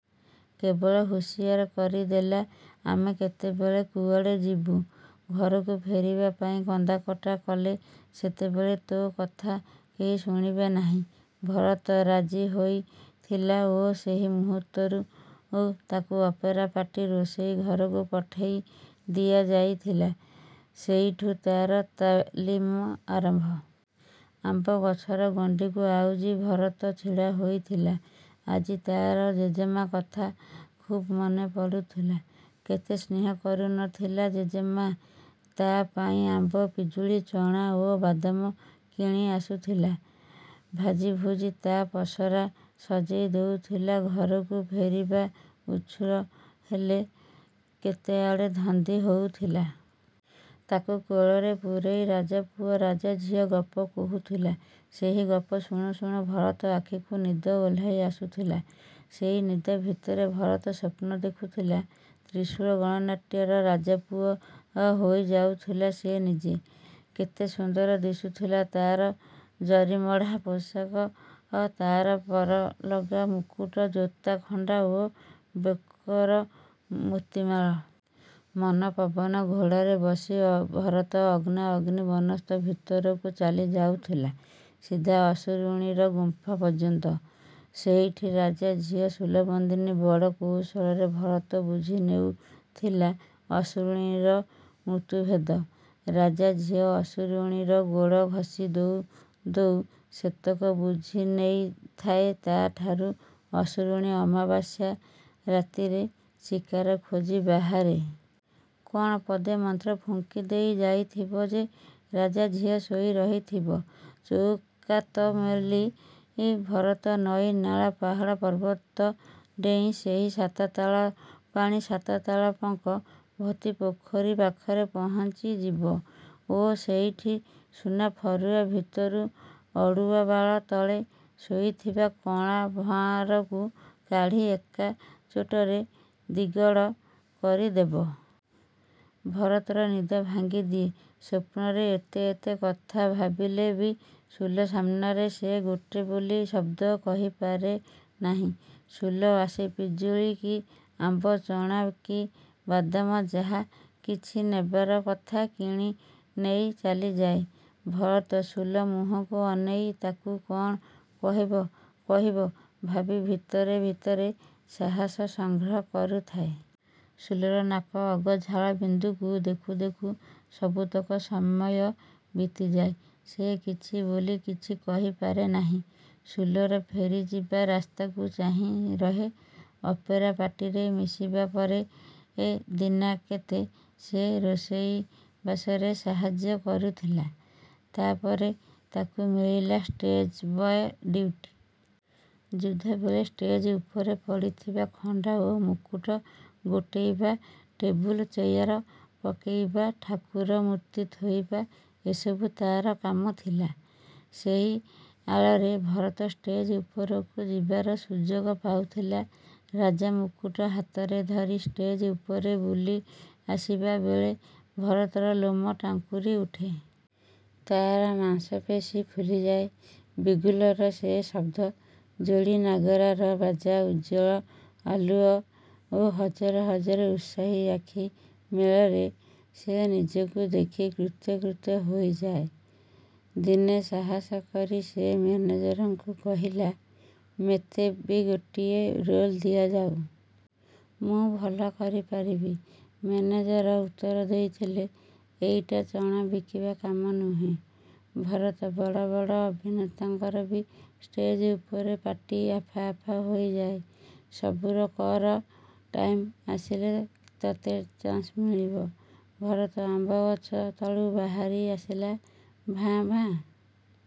କେବଳ ହୁସିଆର କରିଦେଲା, "ଆମେ କେତେବେଳେ କୁଆଡ଼େ ଯିବୁ। ଘରକୁ ଫେରିବା ପାଇଁ କନ୍ଦାକଟା କଲେ ସେତେବେଳେ ତୋ କଥା କେହି ଶୁଣିବେ ନାହିଁ।" ଭରତ ରାଜି ହୋଇଥିଲା ଓ ସେହି ମୁହୂର୍ତ୍ତରୁ ତାକୁ ଅପେରା ପାର୍ଟି ରୋଷେଇ ଘରକୁ ପଠେଇ ଦିଆଯାଇଥିଲା। ସେଇଠୁ ତାର ତାଲିମ ଆରମ୍ଭ। ଆମ୍ବଗଛର ଗଣ୍ଡିକୁ ଆଉଜି ଭରତ ଛିଡ଼ାହୋଇଥିଲା। ଆଜି ତାର ଜେଜେମା କଥା ଖୁବ୍ ମନେ ପଡ଼ୁଥିଲା। କେତେ ସ୍ନେହ କରୁନଥିଲା ଜେଜେମା। ତା ପାଇଁ ଆମ୍ବ, ପିଜୁଳି, ଚଣା ଓ ବାଦାମ କିଣିଆସୁଥିଲା। ଭାଜିଭୁଜି ତା ପସରା ସଜେଇ ଦୋଉଥୁଲା। ଘରକୁ ଫେରିବା ଉଛୁର ହେଲେ କେତେଆଡ଼ ଧନ୍ଦି ହୋଉଥୁଲା। ତାକୁ କୋଳରେ ପୂରେଇ ରାଜାପୁଅ ରାଜାଝିଅ ଗପ କହୁଥିଲା। ସେହି ଗପ ଶୁଣୁଶୁଣୁ ଭରତ ଆଖିକୁ ନିଦ ଓହ୍ଲେଇ ଆସୁଥିଲା। ସେଇ ନିଦ ଭିତରେ ଭରତ ସ୍ୱପ୍ନ ଦେଖୁଥିଲା, 'ତ୍ରିଶୂଳ ଗଣନାଟ୍ୟ'ର ରାଜାପୁଅ ହୋଇଯାଉଥିଲା ସେ ନିଜେ। କେତେ ସୁନ୍ଦର ଦିଶୁଥୁଲା ତାର ଜରିମଢ଼ା ପୋଷାକ, ତାର ପରଲଗା ମକୁଟୁ, ଜୋତା, ଖଣ୍ଡା ଓ ବେକର ମୁତିମାଳ। ମନପବନ ଘୋଡ଼ାରେ ବସି ଅ ଭରତ ଅଗ୍ନାଅଗ୍ନି ବନସ୍ତ ଭିତରକୁ ଚାଲିଯାଉଥିଲା, ସିଧା ଅସୁରୁଣୀର ଗୁମ୍ଫା ପର୍ଯ୍ୟନ୍ତ। ସେଇଠି ରାଜାଝିଅ ସୁଲ ବନ୍ଦିନୀ। ବଡ଼ କୌଶଳରେ ଭରତ ବୁଝିନେଉଥିଲା ଅସୁରୁଣୀର ମୃତ୍ୟୁଭେଦ। ରାଜାଝିଅ ଅସୁରୁଣୀର ଗୋଡ଼ ଘଷି ଦେଉଦଉ ସେତକ ବୁଝିନେଇଥାଏ ତାଠାରୁ। ଅସୁରୁଣୀ ଅମାବାସ୍ୟା ରାତିରେ ଶିକାର ଖୋଜି ବାହାରେ। କଣ ପଦେ ମନ୍ତ୍ର ଫୁଙ୍କିଦେଇ ଯାଇଥିବ ଯେ ରାଜାଝିଅ ଶୋଇରହିଥିବ ଚଉକାତ ମେଲି। ଭରତ ନଈ, ନାଳ, ପାହାଡ଼, ପର୍ବତ ଡେଇଁ ସେହି ସାତ ତାଳ ପାଣି, ସାତ ତାଳ ପଙ୍କ ଭର୍ତ୍ତି ପୋଖରୀ ପାଖରେ ପହଞ୍ଚିଯିବ ଓ ସେଇଠି ସୁନାଫରୁଆ ଭିତରୁ ଅଡ଼ୁଆବାଳ ତଳେ ଶୋଇଥିବା କଳାଭଆଁରକୁ କାଢ଼ି ଏକା ଚୋଟରେ ଦିଗଡ଼ କରିଦେବ। ଭରତର ନିଦ ଭାଙ୍ଗିଦିଏ। ସ୍ୱପ୍ନରେ ଏତେ ଏତେ କଥା ଭାବିଲେ ବି ସୁଲ ସାମ୍ନାରେ ସେ ଗୋଟେ ବୋଲି ଶବ୍ଦ କହିପାରେ ନାହିଁ। ସୁଲ ଆସେ, ପିଜୁଳି କି ଆମ୍ବ, ଚଣା କି ବାଦାମ, ଯାହା କିଛି ନେବାର କଥା କିଣିନେଇ ଚାଲିଯାଏ। ଭରତ ସୁଲ ମୁହଁକୁ ଅନେଇ ତାକୁ କଣ କହିବ କହିବ ଭାବି ଭିତରେ ଭିତରେ ସାହସ ସଂଗ୍ରହ କରୁଥାଏ। ସୁଲର ନାକଅଗ ଝାଳବିନ୍ଦୁକୁ ଦେଖୁ ଦେଖୁ ସବୁତକ ସମୟ ବିତିଯାଏ। ସେ କିଛି ବୋଲି କିଛି କହିପାରେ ନାହିଁ। ସୁଲର ଫେରିଯିବା ରାସ୍ତାକୁ ଚାହିଁ ରହେ। ଅପେରା ପାର୍ଟିରେ ମିଶିବା ପରେ ଦିନାକେତେ ସେ ରୋଷେଇବାସରେ ସାହାଯ୍ୟ କରୁଥିଲା। ତାପରେ ତାକୁ ମିଳିଲା ଷ୍ଟେଜ୍‌ବୟ ଡ୍ୟୁଟି। ଯୁଦ୍ଧବେଳେ ଷ୍ଟେଜ୍ ଉପରେ ପଡ଼ିଥିବା ଖଣ୍ଡା ଓ ମୁକୁଟ ଗୋଟେଇବା, ଟେବୁଲ, ଚେୟାର ପକେଇବା, ଠାକୁର ମୂର୍ତ୍ତି ଥୋଇବା ଏସବୁ ତାର କାମ ଥିଲା। ସେହି ଆଳରେ ଭରତ ଷ୍ଟେଜ୍ ଉପରକୁ ଯିବାର ସୁଯୋଗ ପାଉଥିଲା। ରାଜାମୁକୁଟ ହାତରେ ଧରି ଷ୍ଟେଜ୍ ଉପରେ ବୁଲି ଆସିବା ବେଳେ ଭରତର ଲୋମ ଟାଙ୍କୁରି ଉଠେ। ତାର ମାଂସପେଶୀ ଫୁଲିଯାଏ। ବିଗୁଲ୍‌ର ସେ ଶବ୍ଦ, ଯୋଡ଼ିନାଗରାର ବାଜା, ଉଜ୍ଜ୍ୱଳ ଆଲୁଅ ଓ ହଜାର ହଜାର ଉତ୍ସାହୀ ଆଖି ମେଳରେ ସେ ନିଜକୁ ଦେଖି କୃତ୍ୟ କୃତ୍ୟ ହୋଇଯାଏ। ଦିନେ ସାହାସ କରି ସେ ମ୍ୟାନେଜରଙ୍କୁ କହିଥିଲା, "ମେତେ ବି ଗୋଟିଏ ରୋଲ୍ ଦିଆଯାଉ। ମୁଁ ଭଲ କରିପାରିବି।" ମ୍ୟାନେଜର ଉତ୍ତର ଦେଇଥିଲେ, "ଏଇଟା ଚଣା ବିକିବା କାମ ନୁହେଁ ଭରତ। ବଡ଼ ବଡ଼ ଅଭିନେତାଙ୍କର ବି ଷ୍ଟେଜ୍ ଉପରେ ପାଟି ଆଫା ଆଫା ହୋଇଯାଏ। ସବୁର୍ କର। ଟାଇମ୍‌ ଆସିଲେ ତୋତେ ଚାନ୍ସ ମିଳିବ।" ଭରତ ଆମ୍ବଗଛ ତଳୁ ବାହାରି ଆସିଲା। ଭାଏଁ ଭାଏଁ।